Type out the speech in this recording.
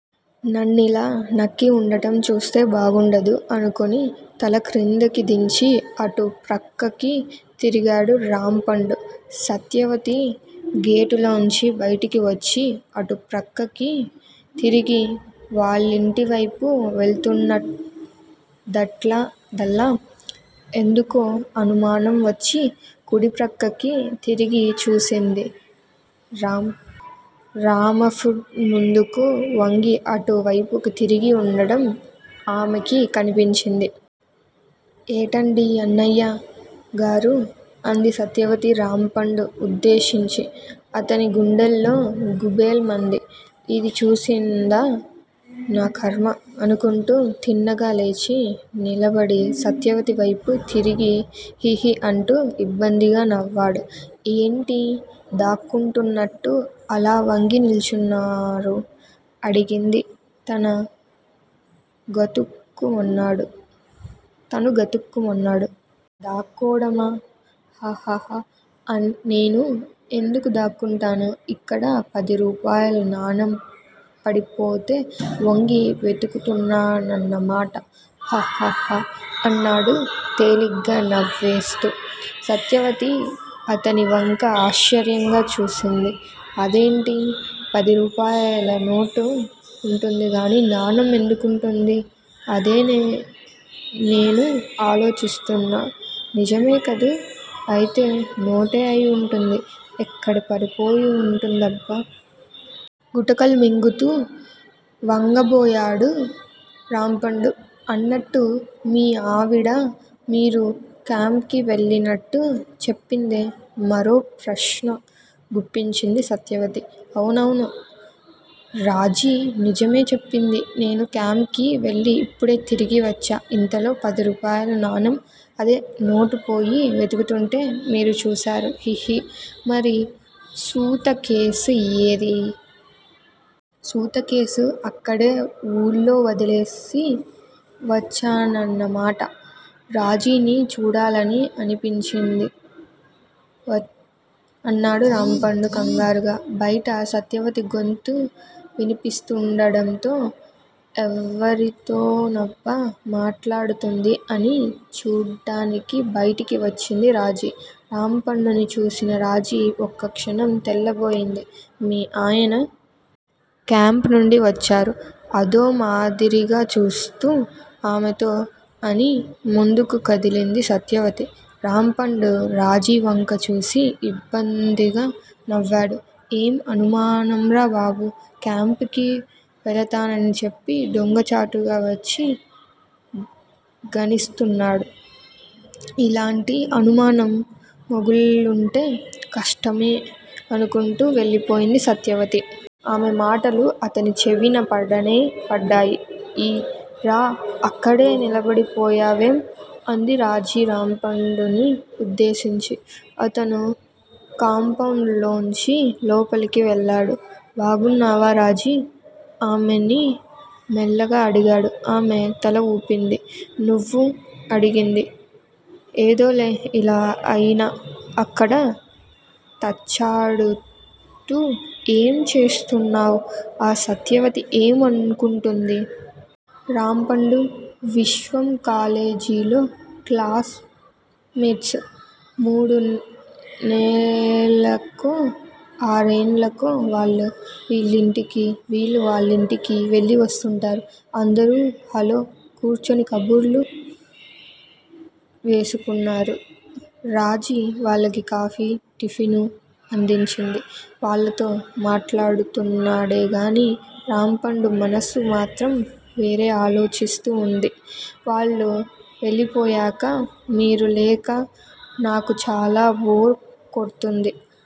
నన్నిలా నక్కి వుండటం చూస్తె బాగుండదు అనుకొని తల క్రిందకి దించి అటు ప్రక్కకి తిరిగాడు రాంపండు. సత్యవతి గేటులోంచి బయటకి వచ్చి అటుప్రక్కకి తిరిగి వాళ్ళింటివైపు వెళుతున్నదల్లా ఎందుకో అనుమానం వచ్చి కుడి ప్రక్కకి తిరిగి చూసింది. రామపుడ్ ముందుకు వంగి అటు వైపుకి తిరిగి వుండడం ఆమెకి కనిపించింది. ఏటండీ అన్నయ్య గరూ అంది సత్యవతి రాంపండు ఉద్దేశించి. అతని గుండెల్లో గుభేల్ మంది. ఇది చూసిందా? నా ఖర్మ!! అనుకుంటూ తిన్నగా లేచి నిలబడి సత్యవతి వైపు తిరిగి హిహి అంటూ యిబ్బందిగా నవ్వాడు. ఏంటీ దాక్కుంటునట్టు అలా వంగి నిల్చున్నారు? అడిగింది. తన గతుక్కుమన్నాడు. 'దాక్కోడామా? హహహ నేను ఎందుకు దాక్కుంటాను ఇక్కడ పదిరూపాయల నాణెం పడిపోతే వంగి వెతుకుతున్నాన్నమాట. హహహ అన్నాడు తేలిగ్గా నవ్వేస్తూ. సత్యవతి అతనివంక ఆశ్చర్యంగా చూసింది. అదేంటి పది రూపాయల నోటు వుంటుందిగానీ నాణెం ఎందుకుంటుందీ? అదే నేనూ ఆలోచిస్తున్నా నిజమే కదూ? అయితే నోటే అయి వుంటుంది ఎక్కడ పడిపోయి వుంటుందబ్బా? గుటకలు మింగుతూ వంగబోయాడు రాంపండు. అన్నట్టు మీ ఆవిడా మీరు క్యాంప్ కి వెళ్ళినట్టు చెప్పిందే? మరో ప్రశ్న గుప్పించింది సత్యవతి. అవునవును! రాజీ నిజమే చెప్పింది. నేను క్యాంప్ కి వెళ్ళి ఇప్పుడే తిరిగి వచ్చా ఇంతలో పది రూపాయల నాణెం అదే నోటు పోయి వెతుకుతుంటే మీరు చూశారు హిహి మరి సూత కేసు ఏది? సూత కేసు అక్కడే వూళ్ళో వదిలేసి వచ్చానాన్నమాట!! రాజీని చూడాలని అనిపించింది వచ్చాను మళ్ళీ నేను వెళ్ళిపోవాలి! అన్నాడు రాంపండు కంగారుగా. బయట సత్యవతి గొంతు వినిపిస్తూడడంతో ఎవరితోనబ్బా మాట్లాడుతుంది అని చూడ్డానికి బయటకి వచ్చింది రాజీ. రాంపండుని చూసిన రాజీ ఒక్కక్షణం తెల్లబోయింది. మీ ఆయన! క్యాంప్ నుండి వచ్చారు అదో మాదిరిగా చూస్తూ ఆమెతో అని ముందుకు కదిలింది సత్యవతి. రాంపండు రాజీ వంక చూసి యిబ్బందిగా నవ్వాడు. ఏం అనుమానంరా బాబూ! క్యాంప్ కి వెళతానని చెప్పి దొంగచాటుగా వచ్చి గనిస్తున్నాడు. ఇలాంటి అనుమానం మొగుళ్ళుంటే కష్టమే అనుకుంటూ వెళ్ళిపోయింది సత్యవతి. ఆమె మాటలు అతని చెవిన పడనే పడ్డాయి. రా అక్కడే నిలబడిపోయావేం? అంది రాజీ రాంపండుని ఉద్దేశించి. అతను కాంపౌండ్ లోంచి లోపలకి వెళ్ళాడు. బాగున్నావా రాజీ? ఆమెని మెల్లగా అడిగాడు. ఆమె తల వూపింది. నువ్వు? అడిగింది. ఏదోలే ఇలా అయినా అక్కడ తచ్చాడుతూ ఏం చేస్తున్నావ్ ఆ సత్యవతి ఏం అనుకుంటుంది? రాంపండూ, విశ్వం కాలేజీలో క్లాస్ మేట్స్. మూడు నేల్లకో, ఆర్నెడ్లకో వాళ్ళు వీళ్ళింటికీ, వీళ్ళు వాళ్ళింటికీ వెళ్ళి వస్తుంటారు. అందరూ హలో కూర్చుని కబుర్లు వేసుకున్నారు. రాజీ వాళ్లకి కాఫీ, టిఫిను అందించింది. వాళ్ళతో మాట్లాడుతున్నాడేగానీ రాంపండు మనసు మాత్రం వేరే ఆలోచిస్తూ వుంది. వాళ్ళు వెళ్ళిపోయాక మీరు లేక నాకు చాలా బోర్ కొడ్తుంది.